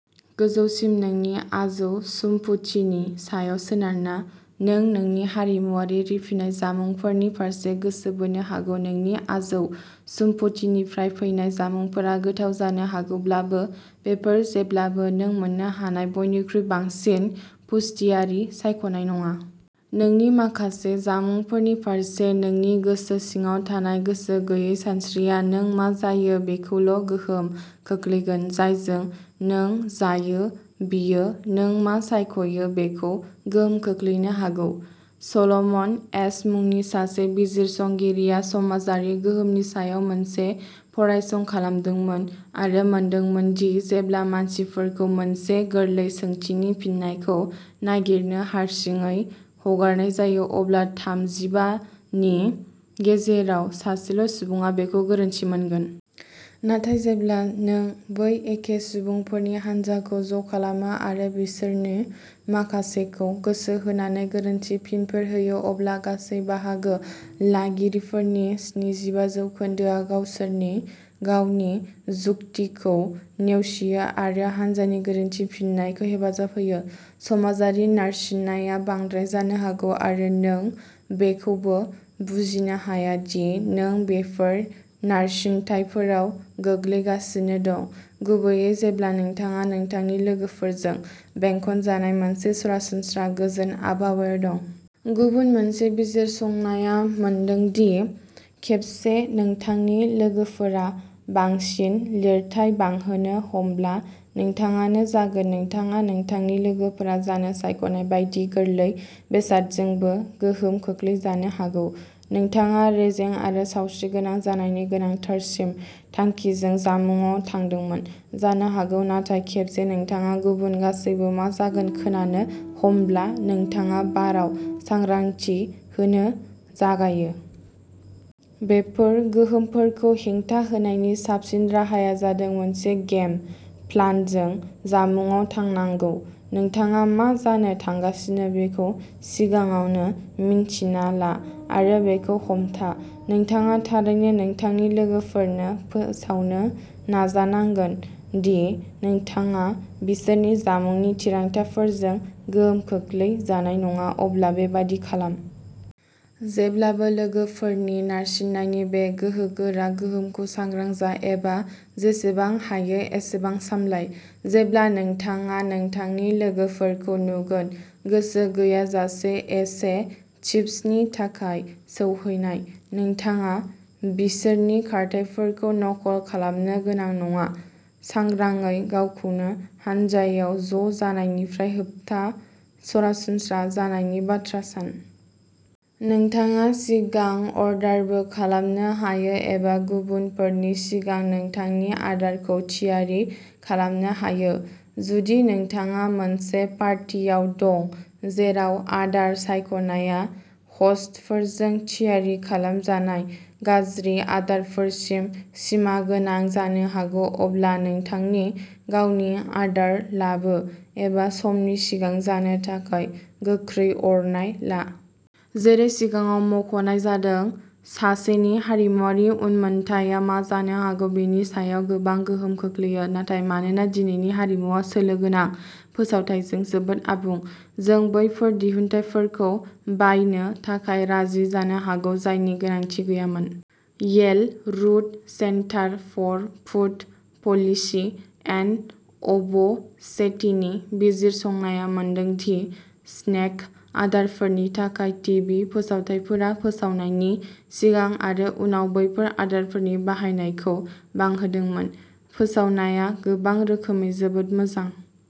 गोजौसिम नोंनि आजौ सम्फुथिनि सायाव सोनारना, नों नोंनि हारिमुआरि रिफिनाय जामुंफोरनि फारसे गोसो बोनो हागौ। नोंनि आजौ सम्फुथिनिफ्राय फैनाय जामुंफोरा गोथाव जानो हागौब्लाबो, बेफोर जेब्लाबो नों मोननो हानाय बयनिख्रुइ बांसिन पुष्टियारि सायख'नाय नङा। नोंनि माखासे जामुंफोरनि फारसे नोंनि गोसो सिङाव थानाय गोसो गैयै सानस्रिया नों मा जायो बेखौल' गोहोम खोख्लैगोन जायजों नों जायो बियो नों मा सायख'यो बेखौ गोहोम खोख्लैनो हागौ। सल'मन एश मुंनि सासे बिजिरसंगिरिआ समाजारि गोहोमनि सायाव मोनसे फरायसं खालामदोंमोन आरो मोनदोंमोन दि जेब्ला मानसिफोरखौ मोनसे गोरलै सोंथिनि फिननायखौ नागिरनो हारसिङै हगारनाय जायो, अब्ला थामजिबा नि गेजेराव सासेल' सुबुङा बेखौ गोरोन्थि मोनगोन। नाथाय जेब्ला नों बै एखे सुबुंफोरनि हानजाखौ ज'खालामो आरो बिसोरनि माखासेखौ गोसो होनानै गोरोन्थि फिनफोर होयो, अब्ला गासै बाहागो लागिरिफोरनि स्निजिबा जौखोनदोआ गावसोरनि गावनि जुक्तिखौ नेवसियो आरो हान्जानि गोरोन्थि फिननायखौ हेफाजाब होयो। समाजारि नारसिननाया बांद्राय जानो हागौ, आरो नों बेखौबो बुजिनो हाया दि नों बेफोर नारसिनथायफोराव गोग्लैगासिनो दं, गुबैयै जेब्ला नोंथाङा नोंथांनि लोगोफोरजों बेंखनजानाय मोनसे सरासनस्रा, गोजोन आबहावायाव दं। गुबुन मोनसे बिजिरसंनाया मोनदों दि खेबसे नोंथांनि लोगोफोरा बांसिन लिरथाय बांहोनो हमब्ला, नोंथाङाबो जागोन। नोंथाङा नोंथांनि लोगोफोरा जानो सायख'नाय बायदि गोरलै बेसादजोंबो गोहोम खोख्लैजानो हागौ। नोंथाङा रेजें आरो सावस्रिगोनां जानायनि गोनांथारसिन थांखिजों जामुंआव थांदोंमोन जानो हागौ, नाथाय खेबसे नोंथाङा गुबुन गासैबो मा जागोन खोनानो हमब्ला, नोंथाङा बाराव सांग्रांथि होनो जागायो। बेफोर गोहोफोरखौ हेंथा होनायनि साबसिन राहाया जादों मोनसे गेम प्लानजों जामुंआव थांनांगौ। नोंथाङा मा जानो थांगासिनो बेखौ सिगाङावनो मिन्थिना ला, आरो बेखौ हमथा। नोंथाङा थारैनो नोंथांनि लोगोफोरनो फोसावनो नाजानांगोन दि नोंथाङा बिसोरनि जामुंनि थिरांथाफोरजों गोहोम खोख्लैजानाय नङा, अब्ला बेबादि खालाम। जेब्लाबो लोगोफोरनि नारसिननायनि बे गोहोगोरा गोहोमखौ सांग्रां जा, एबा जेसेबां हायो एसेबां सामलाय। जेब्ला नोंथाङा नोंथांनि लोगोफोरखौ नुगोन। गोसो गैयाजासे एसे चिप्सनि थाखाय सौहैनाय, नोंथाङा बिसोरनि खारथाइफोरखौ नखल खालामनो गोनां नङा। सांग्राङै गावखौनो हानजायाव ज' जानायनिफ्राय होबथा सरासनस्रा जानायनि बाथ्रा सान। नोंथाङा सिगां अर्डारबो खालामनो हायो, एबा गुबुनफोरनि सिगां नोंथांनि आदारखौ थियारि खालामनो हायो। जुदि नोंथाङा मोनसे पार्टियाव दं जेराव आदार सायख'नायआ ह'स्टफोरजों थियारि खालामजानाय गाज्रि आदारफोरसिम सिमागोनां जानो हागौ अब्ला नोंथांनि गावनि आदार लाबो एबा समनि सिगां जानो थाखाय गोख्रै अरनाय ला। जेरै सिगाङाव मख'नाय जादों सासेनि हारिमुआरि उनमोनथाइया मा जानो हागौ बेनि सायाव गोबां गोहोम खोख्लैयो। नाथाय मानोना दिनैनि हारिमुआ सोलो गोनां फोसावथाइजों जोबोद आबुं, जों बैफोर दिहुनथायफोरखौ बायनो थाखाय राजि जानो हागौ जायनि गोनांथि गैयामोन। Yale Rudd Center for Food Policy and अब'सेटिनि बिजिरसंनाया मोनदों दि स्नेक आदारफोरनि थाखाय टिभि फोसावथायफोरा फोसावनायनि सिगां आरो उनाव बैफोर आदारफोरनि बाहायनायखौ बांहोदोंमोन। फोसावनाया गोबां रोखोमै जोबोद मोजां।